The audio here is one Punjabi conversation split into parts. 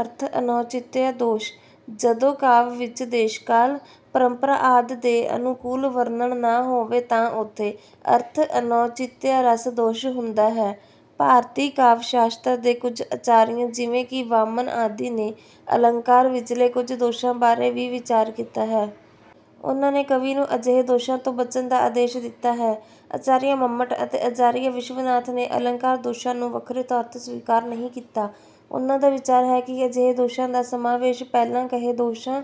ਅਰਥ-ਅਨੌਚਿਤਯ ਦੋਸ਼- ਜਦੋਂ ਕਾਵਿ ਵਿੱਚ ਦੇਸ਼-ਕਾਲ, ਪਰੰਪਰਾ ਆਦਿ ਦੇ ਅਨੁਕੂਲ ਵਰਣਨ ਨਾ ਹੋਵੇ ਤਾਂ ਉੱਥੇ 'ਅਰਥ-ਅਨੌਚਿਤਯ' ਰਸ ਦੋਸ਼ ਹੁੰਦਾ ਹੈ। ਭਾਰਤੀ ਕਾਵਿ-ਸ਼ਾਸਤਰ ਦੇ ਕੁਝ ਆਚਾਰੀਆਂ ਜਿਵੇਂ ਕਿ ਵਾਮਨ ਆਦਿ ਨੇ ਅਲੰਕਾਰ ਵਿੱਚਲੇ ਕੁਝ ਦੋਸ਼ਾਂ ਬਾਰੇ ਵੀ ਵਿਚਾਰ ਕੀਤਾ ਹੈ। ਉਨ੍ਹਾਂ ਨੇ ਕਵੀ ਨੂੰ ਅਜਿਹੇ ਦੋਸ਼ਾਂ ਤੋਂ ਬਚਣ ਦਾ ਆਦੇਸ਼ ਦਿੱਤਾ ਹੈ। ਆਚਾਰੀਆ ਮੰਮਟ ਅਤੇ ਆਚਾਰੀਆ ਵਿਸ਼ਵਨਾਥ ਨੇ ਅਲੰਕਾਰ ਦੋਸ਼ਾਂ ਨੂੰ ਵੱਖਰੇ ਤੌਰ 'ਤੇ ਸਵੀਕਾਰ ਨਹੀਂ ਕੀਤਾ। ਉਨ੍ਹਾਂ ਦਾ ਵਿਚਾਰ ਹੈ ਕਿ ਅਜਿਹੇ ਦੋਸ਼ਾਂ ਦਾ ਸਮਾਵੇਸ਼ ਪਹਿਲਾਂ ਕਹੇ ਦੋਸ਼ਾਂ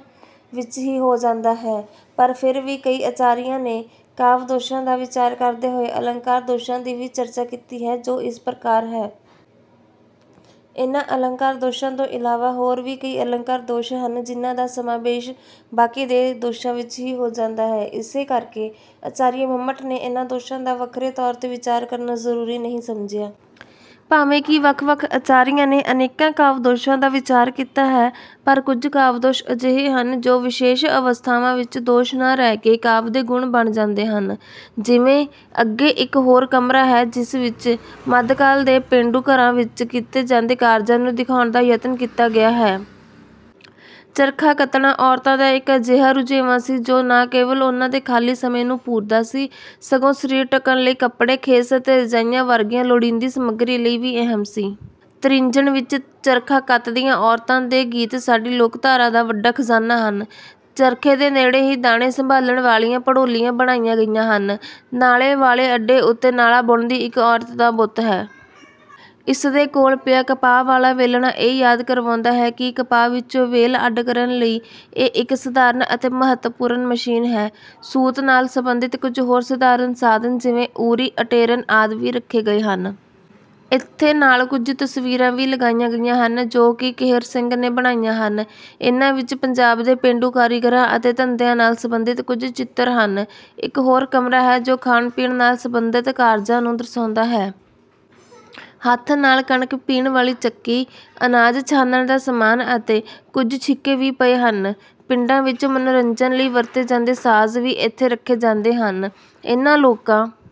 ਵਿੱਚ ਹੀ ਹੋ ਜਾਂਦਾ ਹੈ, ਪਰ ਫਿਰ ਵੀ ਕਈ ਆਚਾਰੀਆਂ ਨੇ ਕਾਵਿ ਦੋਸ਼ਾਂ ਦਾ ਵਿਚਾਰ ਕਰਦੇ ਹੋਏ ਅਲੰਕਾਰ ਦੋਸ਼ਾਂ ਦੀ ਵੀ ਚਰਚਾ ਕੀਤੀ ਹੈ, ਜੋ ਇਸ ਪ੍ਰਕਾਰ ਹੈ। ਇਨ੍ਹਾਂ ਅਲੰਕਾਰ ਦੋਸ਼ਾਂ ਤੋਂ ਇਲਾਵਾ ਹੋਰ ਵੀ ਕਈ ਅਲੰਕਾਰ ਦੋਸ਼ ਹਨ ਜਿਨ੍ਹਾਂ ਦਾ ਸਮਾਵੇਸ਼ ਬਾਕੀ ਦੇ ਦੋਸ਼ਾਂ ਵਿੱਚ ਹੀ ਹੋ ਜਾਂਦਾ ਹੈ। ਇਸੇ ਕਰਕੇ ਆਚਾਰੀਆ ਮੰਮਟ ਨੇ ਇਨ੍ਹਾਂ ਦੋਸ਼ਾਂ ਦਾ ਵੱਖਰੇ ਤੌਰ 'ਤੇ ਵਿਚਾਰ ਕਰਨਾ ਜ਼ਰੂਰੀ ਨਹੀਂ ਸਮਝਿਆ। ਭਾਵੇਂ ਕਿ ਵੱਖ-ਵੱਖ ਆਚਾਰੀਆਂ ਨੇ ਅਨੇਕਾਂ ਕਾਵਿ-ਦੋਸ਼ਾਂ ਦਾ ਵਿਚਾਰ ਕੀਤਾ ਹੈ, ਪਰ ਕੁਝ ਕਾਵਿ ਦੋਸ਼ ਅਜਿਹੇ ਹਨ ਜੋ ਵਿਸ਼ੇਸ਼ ਅਵਸਥਾਵਾਂ ਵਿੱਚ ਦੋਸ਼ ਨਾ ਰਹਿ ਕੇ ਕਾਵਿ ਦੇ ਗੁਣ ਬਣ ਜਾਂਦੇ ਹਨ। ਜਿਵੇਂ, ਅੱਗੇ ਇੱਕ ਹੋਰ ਕਮਰਾ ਹੈ, ਜਿਸ ਵਿੱਚ ਮੱਧਕਾਲ ਦੇ ਪੇਂਡੂ ਘਰਾਂ ਵਿੱਚ ਕੀਤੇ ਜਾਂਦੇ ਕਾਰਜਾਂ ਨੂੰ ਦਿਖਾਉਣ ਦਾ ਯਤਨ ਕੀਤਾ ਗਿਆ ਹੈ। ਚਰਖਾ ਕੱਤਣਾ ਔਰਤਾਂ ਦਾ ਇੱਕ ਅਜਿਹਾ ਰੁਝੇਵਾਂ ਸੀ, ਜੋ ਨਾ ਕੇਵਲ ਉਨ੍ਹਾਂ ਦੇ ਖਾਲੀ ਸਮੇਂ ਨੂੰ ਪੂਰਦਾ ਸੀ, ਸਗੋਂ ਸਰੀਰ ਢੱਕਣ ਲਈ ਕੱਪੜੇ, ਖੇਸ ਅਤੇ ਰਜਾਈਆਂ ਵਰਗੀ ਲੋੜੀਂਦੀ ਸਮੱਗਰੀ ਲਈ ਵੀ ਅਹਿਮ ਸੀ। ਤ੍ਰਿੰਝਣ ਵਿੱਚ ਚਰਖਾ ਕੱਤਦੀਆਂ ਔਰਤਾਂ ਦੇ ਗੀਤ ਸਾਡੀ ਲੋਕਧਾਰਾ ਦਾ ਵੱਡਾ ਖਜ਼ਾਨਾ ਹਨ। ਚਰਖੇ ਦੇ ਨੇੜੇ ਹੀ ਦਾਣੇ ਸੰਭਾਲਣ ਵਾਲੀਆਂ ਭੜੋਲੀਆਂ ਬਣਾਈਆਂ ਗਈਆਂ ਹਨ। ਨਾਲੇ ਵਾਲੇ ਅੱਡੇ ਉੱਤੇ ਨਾਲਾ ਬੁਣਦੀ ਇੱਕ ਔਰਤ ਦਾ ਬੁੱਤ ਹੈ। ਇਸ ਦੇ ਕੋਲ ਪਿਆ ਕਪਾਹ ਵਾਲਾ ਵੇਲਣਾ ਇਹ ਯਾਦ ਕਰਵਾਉਂਦਾ ਹੈ ਕਿ ਕਪਾਹ ਵਿੱਚੋਂ ਵੇਹਲ ਅੱਡ ਕਰਨ ਲਈ ਇਹ ਇੱਕ ਸਧਾਰਨ ਅਤੇ ਮਹੱਤਵਪੂਰਨ ਮਸ਼ੀਨ ਹੈ। ਸੂਤ ਨਾਲ ਸਬੰਧਤ ਕੁਝ ਹੋਰ ਸਧਾਰਨ ਸਾਧਨ ਜਿਵੇਂ ਊਰੀ, ਅਟੇਰਨ ਆਦਿ ਵੀ ਰੱਖੇ ਗਏ ਹਨ। ਇੱਥੇ ਨਾਲ ਕੁਝ ਤਸਵੀਰਾਂ ਵੀ ਲਗਾਈਆਂ ਗਈਆਂ ਹਨ, ਜੋ ਕਿ ਕਿਹਰ ਸਿੰਘ ਨੇ ਬਣਾਈਆਂ ਹਨ। ਇਨ੍ਹਾਂ ਵਿੱਚ ਪੰਜਾਬ ਦੇ ਪੇਂਡੂ ਕਾਰੀਗਰਾਂ ਅਤੇ ਧੰਦਿਆਂ ਨਾਲ ਸਬੰਧਤ ਕੁਝ ਚਿੱਤਰ ਹਨ। ਇੱਕ ਹੋਰ ਕਮਰਾ ਹੈ, ਜੋ ਖਾਣ-ਪੀਣ ਨਾਲ ਸਬੰਧਤ ਕਾਰਜਾਂ ਨੂੰ ਦਰਸਾਉਂਦਾ ਹੈ। ਹੱਥ ਨਾਲ ਕਣਕ ਪੀਹਣ ਵਾਲੀ ਚੱਕੀ, ਅਨਾਜ ਛਾਣਨ ਦਾ ਸਮਾਨ ਅਤੇ ਕੁਝ ਛਿੱਕੇ ਵੀ ਪਏ ਹਨ। ਪਿੰਡਾਂ ਵਿੱਚ ਮਨੋਰੰਜਨ ਲਈ ਵਰਤੇ ਜਾਂਦੇ ਸਾਜ਼ ਵੀ ਇੱਥੇ ਰੱਖੇ ਜਾਂਦੇ ਹਨ। ਇਨ੍ਹਾਂ ਲੋਕ